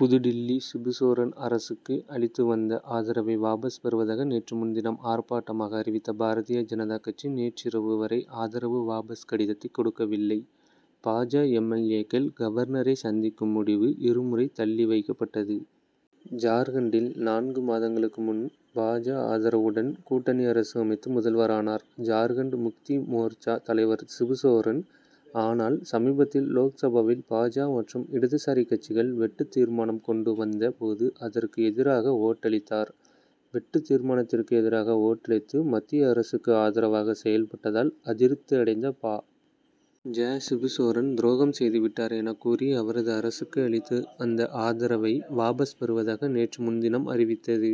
புதுடில்லி சிபுசோரன் அரசுக்கு அளித்து வந்த ஆதரவை வாபஸ் பெறுவதாக நேற்று முன்தினம் ஆர்ப்பாட்டமாக அறிவித்த பாரதிய ஜனதா கட்சி நேற்றிரவு வரை ஆதரவு வாபஸ் கடிதத்தை கொடுக்கவில்லை. பா. ஜ. எம். எல். ஏ.க்கள் கவர்னரை சந்திக்கும் முடிவு இரு முறை தள்ளி வைக்கப்பட்டது. ஜார்க்கண்டில் நான்கு மாதங்களுக்கு முன் பா. ஜ. ஆதரவுடன் கூட்டணி அரசு அமைத்து முதல்வரானார் ஜார்க்கண்ட் முக்தி மோர்ச்சா தலைவர் சிபுசோரன். ஆனால் சமீபத்தில் லோக்சபாவில் பா. ஜ. மற்றும் இடதுசாரி கட்சிகள் வெட்டுத் தீர்மானம் கொண்டு வந்த போது அதற்கு எதிராக ஓட்டளித்தார். வெட்டுத் தீர்மானத்திற்கு எதிராக ஓட்டளித்து மத்திய அரசுக்கு ஆதரவாக செயல்பட்டதால் அதிருப்தி அடைந்த பா. ஜ. சிபுசோரன் துரோகம் செய்து விட்டார் எனக் கூறி அவரது அரசுக்கு அளித்து வந்த ஆதரவை வாபஸ் பெறுவதாக நேற்று முன்தினம் அறிவித்தது.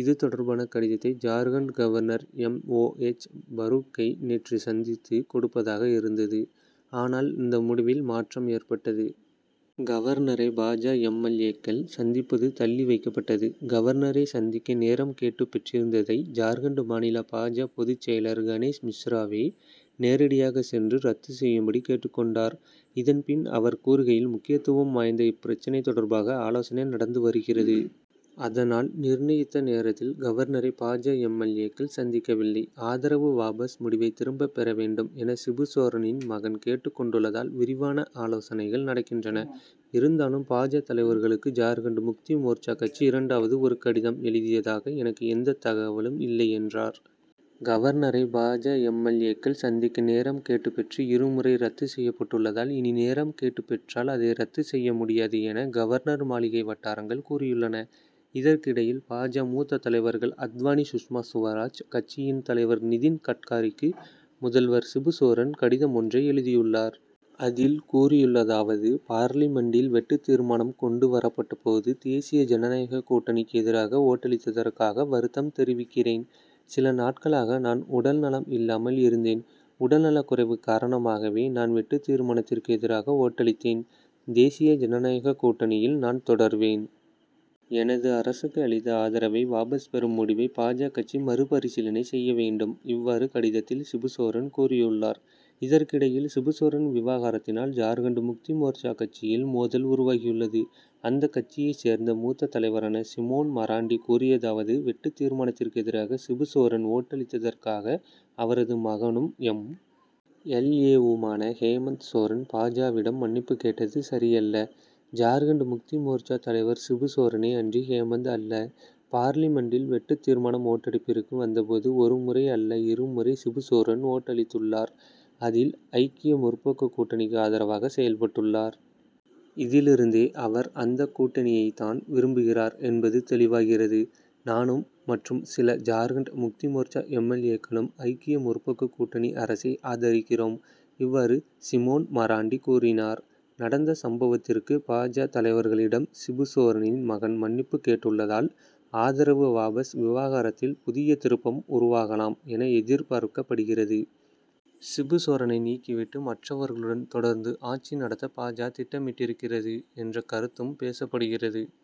இது தொடர்பான கடிதத்தை Jharkhand governor M. O. H. பரூக்கை நேற்று சந்தித்து கொடுப்பதாக இருந்தது. ஆனால் இந்த முடிவில் மாற்றம் ஏற்பட்டது. கவர்னரை பா. ஜ. எம். எல். ஏ.க்கள் சந்திப்பது தள்ளி வைக்கப்பட்டது. கவர்னரை சந்திக்க நேரம் கேட்டுப் பெற்றிருந்ததை ஜார்க்கண்ட் மாநில பா. ஜ. பொதுச் செயலர் கணேஷ் மிஸ்ராவே நேரடியாக சென்று ரத்து செய்யும்படி கேட்டுக் கொண்டார். இதன்பின் அவர் கூறுகையில் முக்கியத்துவம் வாய்ந்த இப்பிரச்னை தொடர்பாக ஆலோசனை நடந்து வருகிறது. அதனால் நிர்ணயித்த நேரத்தில் கவர்னரை பா. ஜ. எம். எல். ஏ.க்கள் சந்திக்கவில்லை. ஆதரவு வாபஸ் முடிவை திரும்பப் பெற வேண்டும் என சிபுசோரனின் மகன் கேட்டுக் கொண்டுள்ளதால் விரிவான ஆலோசனைகள் நடக்கின்றன. இருந்தாலும் பா. ஜ. தலைவர்களுக்கு ஜார்க்கண்ட் முக்தி மோர்ச்சா கட்சி இரண்டாவது ஒரு கடிதம் எழுதியதாக எனக்கு எந்தத் தகவலும் இல்லை என்றார். கவர்னரை பா. ஜ. எம். எல். ஏ.க்கள் சந்திக்க நேரம் கேட்டு பெற்று இரு முறை ரத்து செய்யப்பட்டுள்ளதால் இனி நேரம் கேட்டு பெற்றால் அதை ரத்து செய்ய முடியாது என கவர்னர் மாளிகை வட்டாரங்கள் கூறியுள்ளன. இதற்கிடையில் பா. ஜ. மூத்த தலைவர்கள் அத்வானி சுஷ்மா சுவராஜ் கட்சியின் தலைவர் நிதின் கட்காரிக்கு முதல்வர் சிபுசோரன் கடிதம் ஒன்றை எழுதியுள்ளார். அதில் கூறியுள்ளதாவது பார்லிமென்டில் வெட்டுத் தீர்மானம் கொண்டு வரப்பட்ட போது தேசிய ஜனநாயக கூட்டணிக்கு எதிராக ஓட்டளித்ததற்காக வருத்தம் தெரிவிக்கிறேன். சில நாட்களாக நான் உடல் நலம் இல்லாமல் இருந்தேன். உடல் நலக்குறைவு காரணமாகவே நான் வெட்டுத் தீர்மானத்திற்கு எதிராக ஓட்டளித்தேன். தேசிய ஜனநாயக கூட்டணியில் நான் தொடர்வேன். எனது அரசுக்கு அளித்த ஆதரவை வாபஸ் பெறும் முடிவை பா. ஜ. கட்சி மறுபரிசீலனை செய்ய வேண்டும். இவ்வாறு கடிதத்தில் சிபுசோரன் கூறியுள்ளார். இதற்கிடையில் சிபுசோரன் விவகாரத்தினால் ஜார்க்கண்ட் முக்தி மோர்ச்சா கட்சியில் மோதல் உருவாகியுள்ளது. அந்தக் கட்சியைச் சேர்ந்த மூத்த தலைவரான சிமோன் மராண்டி கூறியதாவது வெட்டுத் தீர்மானத்திற்கு எதிராக சிபுசோரன் ஓட்டளித்ததற்காக அவரது மகனும் எம். எல். ஏ.வுமான ஹேமந்த் சோரன் பா. ஜ.விடம் மன்னிப்புக் கேட்டது சரியல்ல. ஜார்க்கண்ட் முக்தி மோர்ச்சா தலைவர் சிபுசோரனே அன்றி ஹேமந்த் அல்ல. பார்லிமென்டில் வெட்டுத் தீர்மானம் ஓட்டெடுப்பிற்கு வந்த போது ஒரு முறை அல்ல இரு முறை சிபுசோரன் ஓட்டளித்துள்ளார். அதில் ஐக்கிய முற்போக்கு கூட்டணிக்கு ஆதரவாக செயல்பட்டுள்ளார். இதிலிருந்தே அவர் அந்தக் கூட்டணியைத்தான் விரும்புகிறார் என்பது தெளிவாகிறது. நானும் மற்றும் சில ஜார்க்கண்ட் முக்தி மோர்ச்சா எம். எல். ஏ.க்களும் ஐக்கிய முற்போக்கு கூட்டணி அரசை ஆதரிக்கிறோம். இவ்வாறு சிமோன் மராண்டி கூறினார். நடந்த சம்பவத்திற்கு பா. ஜ. தலைவர்களிடம் சிபுசோரனின் மகன் மன்னிப்புக் கேட்டுள்ளதால் ஆதரவு வாபஸ் விவகாரத்தில் புதிய திருப்பம் உருவாகலாம் என எதிர்பார்க்கப்படுகிறது. சிபு சோரனை நீக்கி விட்டு மற்றவர்களுடன் தொடர்ந்து ஆட்சி நடத்த பா. ஜ. திட்டமிட்டிருக்கிறது என்ற கருத்தும் பேசப்படுகிறது.